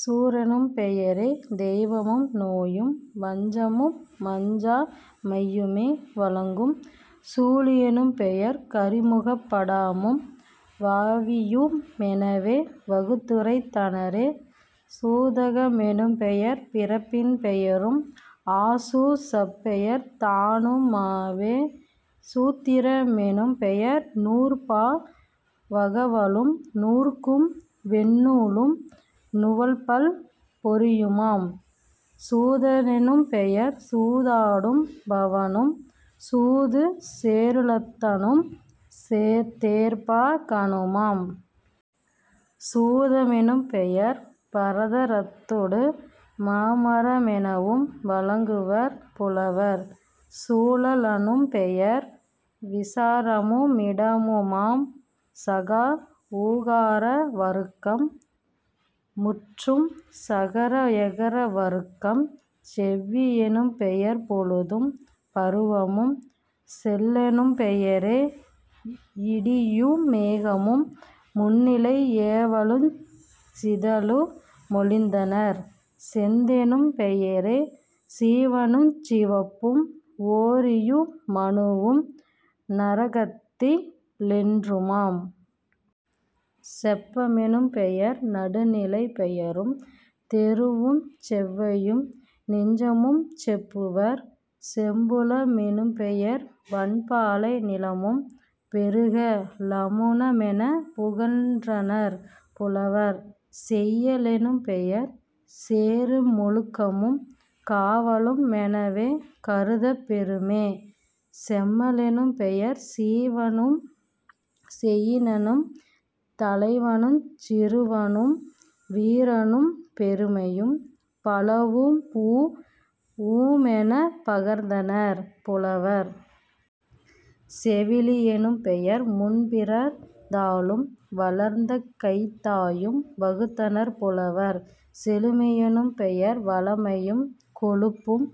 சூரெனும் பெயரே தெய்வமு நோயும் வஞ்சமு மஞ்சா மையுமே வழங்கும்..... சூழி யெனும்பெயர் கரிமுக படாமும் வாவியு மெனவே வகுத்துரைத் தனரே..... சூதக மெனும்பெயர் பிறப்பின் பெயரும் ஆசூ சப்பெயர் தானு மாமே..... சூத்திர மெனும்பெயர் நூற்பா வகவலும் நூற்கும் வெண்ணூலும் நுவல்பல் பொறியுமாம்..... சூத னெனும்பெயர் சூதாடு பவனும் சூது சேருளத்தனும் தேர்ப்பா கனுமாம்..... சூத மெனும்பெயர் பரதா ரத்தொடு மாமர மெனவும் வழங்குவர் புலவர்..... சூழ லனும்பெயர் விசாரமு மிடமுமாம்..... சகா ஊகார வருக்கம் முற்றும். சகர எகர வருக்கம் செவ்வி யெனும்பெயர் பொழுதும் பருவமும்..... செல்லெனும் பெயரே யிடியு மேகமும் முன்னிலை யேவலுஞ் சிதலு மொழிந்தனர்..... செந்தெனும் பெயரே சீவனுஞ் சிவப்பும் ஓரியு மணுவும் நரகத்தி லொன்றுமாம்..... செப்ப மெனும்பெயர் நடுநிலைப் பெயரும் தெருவுஞ் செவ்வையு நெஞ்சமுஞ் செப்புவர்..... செம்புல மெனும்பெயர் வன்பாலை நிலமும் பொருக ளமுமெனப் புகன்றனர் புலவர்..... செய்ய லெனும்பெயர் சேறு மொழுக்கமும் காவலு மெனவே கருதப் பெறுமே..... செம்ம லெனும்பெயர் சீவனும் செயினனும் தலைவனுஞ் சிறுவனும் வீரனும் பெருமையும் பழம்பூ வுமெனப் பகர்ந்தனர் புலவர்..... செவிலி யெனும்பெயர் முன்பிறந் தாளும் வளர்ந்த கைத்தாயும் வகுத்தனர் புலவர்..... செழுமை யெனும்பெயர் வளமையும் கொழுப்பும்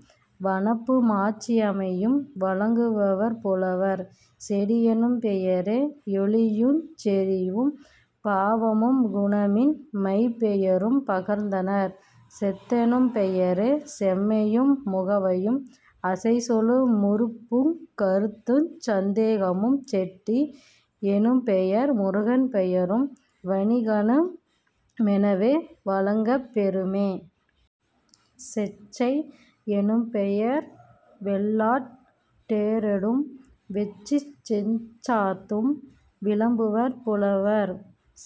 வனப்பு மாட்சிமையும் வழங்குவர் புலவர்..... செடியெனும் பெயரே யொளியுஞ் செறிவும் பாவமுங் குணமின் மைப்பெயரும் பகர்ந்தனர்..... செத்தெனும் பெயரே செம்மையு முவமையும் அசைச்சொலு முறுப்புங் கருத்துஞ் சந்தேகமும்..... செட்டி யெனும்பெயர் முருகன் பெயரும் வணிகனு மெனவே வழங்கப் பெறுமே.....। செச்சை யெனும்பெயர் வெள்ளாட் டேறொடு வெட்சி செஞ்சாத்தும் விளம்புவர் புலவர்.....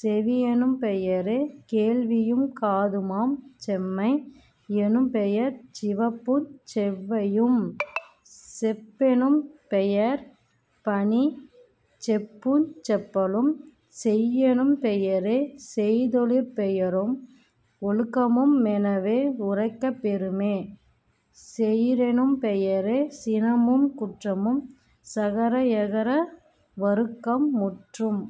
செவியெனும் பெயரே கேள்வியுங் காதுமாம்..... செம்மை யெனும்பெயர் சிவப்புஞ் செவ்வையும்..... செப்பெணும் பெயர்பணிச் செப்புஞ் செப்பலும்..... செய்யெனும் பெயரே செய்தொழிற் பெயரும் ஒழுக்கமு மெனவே யுரைக்கப் பெறுமே..... செயிரெனும் பெயரே சினமும் குற்றமும்..... சகர எகர வருக்கம் முற்றும்.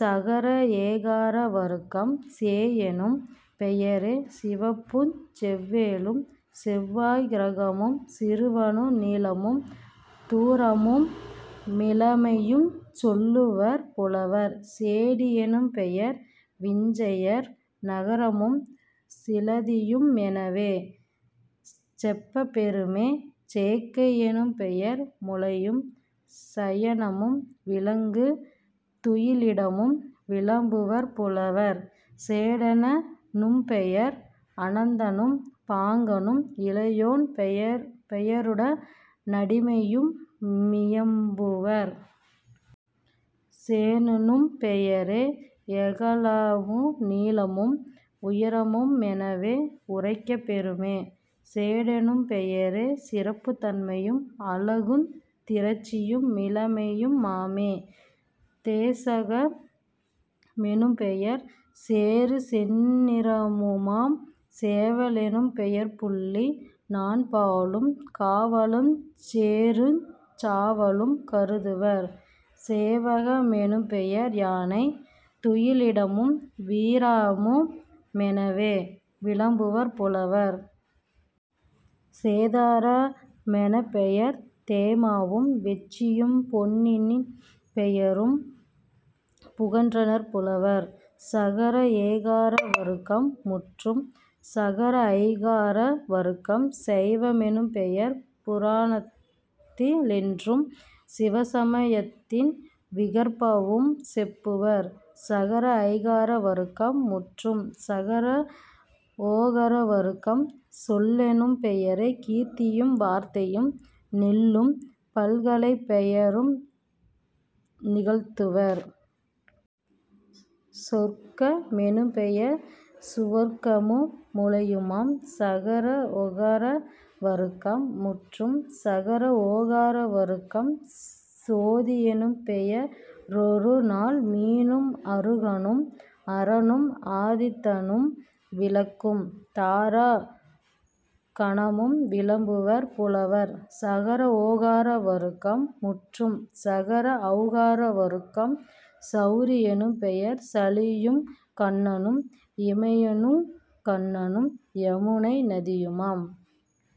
சகர ஏகார வருக்கம் சேயெனும் பெயரே சிவப்புஞ் செவ்வேளும் செவ்வாய்க் கிரகமும் சிறுவனு நீளமும் தூரமு மிளமையுஞ் சொல்லுவர் புலவர்..... சேடி யெனும்பெயர் விஞ்சையர் நகரமும் சிலதியு மெனவே செப்பப் பெறுமே..... சேக்கை யெனும்பெயர் முலையும் சயனமும் விலங்கு துயிலிடமும் விளம்புவர் புலவர்..... சேடனெ னும்பெயர் அனந்தனும் பாங்கனும் இளையோன் பெயருட னடிமையு மியம்புவர்..... சேணுனும் பெயரே யகலமு நீளமும் உயரமு மெனவே யுரைக்கப் பெறுமே..... சேடெனும் பெயரே சிறப்பு நன்மையும் அழகுந் திரட்சியு மிளமையு மாமே..... சேதக மெனும்பெயர் சேறு செந்நிறமுமாம்..... சேவ லெனும்பெயர் புள்ளி னாண்பாலும் காவலுஞ் சேறுஞ் சாவலும் கருதுவர்..... சேவக மெனும்பெயர் யானை துயிலிடமும் வீரமு மெனவே விளம்புவர் புலவர்..... சேதார மெனப்பெயர் தேமாவும் வெட்சியும் பொன்னின் பெயரும் புகன்றனர் புலவர்..... சகர ஏகார வருக்கம் முற்றும். சகர ஐகார வருக்கம் சைவ மெனும்பெயர் புராணத்தி லொன்றும் சிவசம யத்தின் விகற்பமும் செப்புவர்..... சகர ஐகார வருக்கம் முற்றும். சகர ஒகர வருக்கம் சொல்லெனும் பெயரே கீர்த்தியும் வார்த்தையும் நெல்லும் பல்கலைப் பெயரு நிகழ்த்துவர்..... சொர்க்க மெனும்பெயர் சுவர்க்கமு முலையுமாம்..... சகர ஒகர வருக்கம் முற்றும். சகர ஓகார வருக்கம் சோதி யெனும்பெய ரொருநாள் மீனும் அருகனும் அரனும் ஆதித்தனும் விளக்கும் தாரா கணமும் விளம்புவர் புலவர்..... சகர ஓகார வருக்கம் முற்றும். சகர ஒளகார வருக்கம் செளரி யெனும்பெயர் சளியுங் கன்னனும் இமயனுங் கண்ணனும் யமுனை நதியுமாம்.